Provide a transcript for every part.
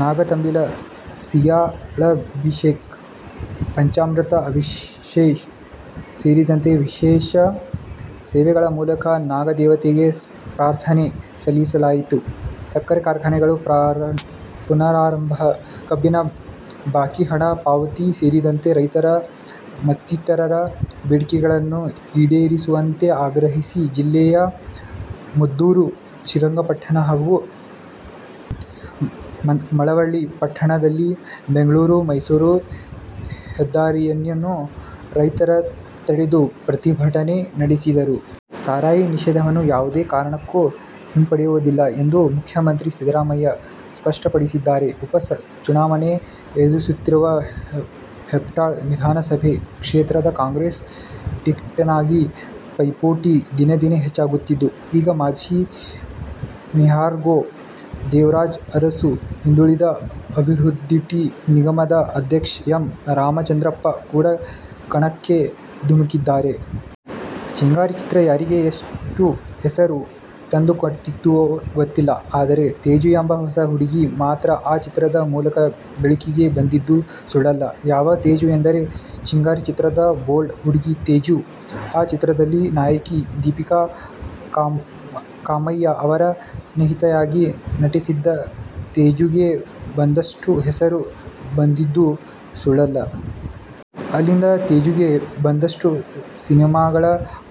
ನಾಗತಂಬಿಲ, ಸೀಯಾಳಾಭಿಷೇಕ, ಪಂಚಾಮೃತ ಅಭಿಷೇಕ ಸೇರಿದಂತೆ ವಿಶೇಷ ಸೇವೆಗಳ ಮೂಲಕ ನಾಗದೇವತೆಗೆ ಪ್ರಾರ್ಥನೆ ಸಲ್ಲಿಸಲಾಯಿತು. ಸಕ್ಕರೆ ಕಾರ್ಖಾನೆಗಳ ಪುನಾರಂಭ, ಕಬ್ಬಿನ ಬಾಕಿ ಹಣ ಪಾವತಿ ಸೇರಿದಂತೆ ರೈತರ ಮತ್ತಿತರರ ಬೇಡಿಕೆಗಳನ್ನು ಈಡೇರಿಸುವಂತೆ ಆಗ್ರಹಿಸಿ ಜಿಲ್ಲೆಯ ಮದ್ದೂರು, ಶ್ರೀರಂಗಪಟ್ಟಣ ಹಾಗೂ ಮಳವಳ್ಳಿ ಪಟ್ಟಣದಲ್ಲಿ ಬೆಂಗಳೂರು- ಮೈಸೂರು ಹೆದ್ದಾರಿಯನ್ನು ರೈತರು ತಡೆದು ಪ್ರತಿಭಟನೆ ನಡೆಸಿದರು. ಸಾರಾಯಿ ನಿಷೇಧವನ್ನು ಯಾವುದೇ ಕಾರಣಕ್ಕೂ ಹಿಂಪಡೆಯುವುದಿಲ್ಲ ಎಂದು ಮುಖ್ಯಮಂತ್ರಿ ಸಿದ್ದರಾಮಯ್ಯ ಸ್ಪಷ್ಟಪಡಿಸಿದ್ದಾರೆ. ಉಪ ಚುನಾವಣೆ ಎದುರಿಸುತ್ತಿರುವ ಹೆಬ್ಟಾಳ ವಿಧಾನಸಭೆ ಕ್ಷೇತ್ರದ ಕಾಂಗ್ರೆಸ್ ಟಿಕೆಟ್ಗಾಗಿ ಪೈಪೋಟಿ ದಿನೇ ದಿನೇ ಹೆಚ್ಚಾಗುತ್ತಿದ್ದು, ಈಗ ಮಾಜಿ ಮೇಯರ್ಹಾಗೂ ದೇವರಾಜ ಅರಸು ಹಿಂದುಳಿದ ಅಭಿವೃದಿಟಛಿ ನಿಗಮದ ಅಧ್ಯಕ್ಷ ಎಂ. ರಾಮಚಂದ್ರಪ್ಪ ಕೂಡ ಕಣಕ್ಕೆ ಧುಮುಕಿದ್ದಾರೆ. "ಚಿಂಗಾರಿ' ಚಿತ್ರ ಯಾರಿಗೆ, ಎಷ್ಟು ಹೆಸರು ತಂದುಕೊಟ್ಟಿತೋ ಗೊತ್ತಿಲ್ಲ, ಆದರೆ, ತೇಜು ಎಂಬ ಹೊಸ ಹುಡುಗಿ ಮಾತ್ರ ಆ ಚಿತ್ರದ ಮೂಲಕ ಬೆಳಕಿಗೆ ಬಂದಿದ್ದು ಸುಳ್ಳಲ್ಲ. ಯಾವ ತೇಜು ಎಂದರೆ "ಚಿಂಗಾರಿ' ಚಿತ್ರದ ಬೋಲ್ಡ್ ಹುಡುಗಿ ತೇಜು. ಆ ಚಿತ್ರದಲ್ಲಿ ನಾಯಕಿ ದೀಪಿಕಾ ಕಾಮಯ್ಯ ಅವರ ಸ್ನೇಹಿತೆಯಾಗಿ ನಟಿಸಿದ್ದ ತೇಜುಗೆ ಒಂದಷ್ಟು ಹೆಸರು ಬಂದಿದ್ದು ಸುಳ್ಳಲ್ಲ. ಅಲ್ಲಿಂದ ತೇಜುಗೆ ಒಂದಷ್ಟು ಸಿನಿಮಾಗಳ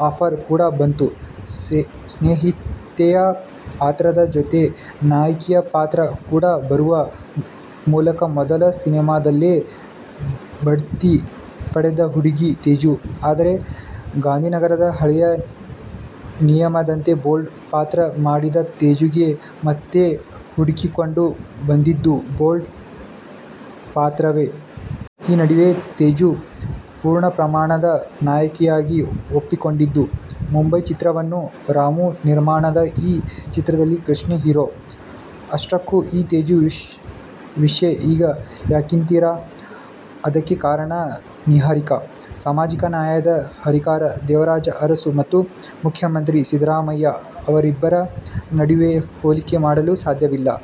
ಆಫರ್ ಕೂಡಾ ಬಂತು. ಸ್ನೇಹಿತೆಯ ಪಾತ್ರದ ಜೊತೆಗೆ ನಾಯಕಿಯ ಪಾತ್ರ ಕೂಡಾ ಬರುವ ಮೂಲಕ ಮೊದಲ ಸಿನಿಮಾದಲ್ಲೇ ಭಡ್ತಿ ಪಡೆದ ಹುಡುಗಿ ತೇಜು. ಆದರೆ, ಗಾಂಧಿನಗರದ ಹಳೆಯ ನಿಯಮದಂತೆ ಬೋಲ್ಡ್ ಪಾತ್ರ ಮಾಡಿದ ತೇಜುಗೆ ಮತ್ತೆ ಹುಡುಕಿಕೊಂಡು ಬಂದಿದ್ದು ಬೋಲ್ಡ್ ಪಾತ್ರವೇ. ಈ ನಡುವೆಯೇ ತೇಜು ಪೂರ್ಣಪ್ರಮಾಣದ ನಾಯಕಿಯಾಗಿ ಒಪ್ಪಿಕೊಂಡಿದ್ದು "ಮುಂಬೈ' ಚಿತ್ರವನ್ನು. ರಾಮು ನಿರ್ಮಾಣದ ಈ ಚಿತ್ರದಲ್ಲಿ ಕೃಷ್ಣ ಹೀರೋ. ಅಷ್ಟಕ್ಕೂ ಈ ತೇಜು ವಿಷ್ಯ ಈಗ ಯಾಕಂತೀರಾ? ಅದಕ್ಕೆ ಕಾರಣ, ನಿಹಾರಿಕಾ! ಸಾಮಾಜಿಕ ನ್ಯಾಯದ ಹರಿಕಾರ ದೇವರಾಜ ಅರಸು ಮತ್ತು ಮುಖ್ಯಮಂತ್ರಿ ಸಿದ್ದರಾಮಯ್ಯ ಅವರಿಬ್ಬರ ನಡುವೆ ಹೋಲಿಕೆ ಮಾಡಲು ಸಾಧ್ಯವಿಲ್ಲ.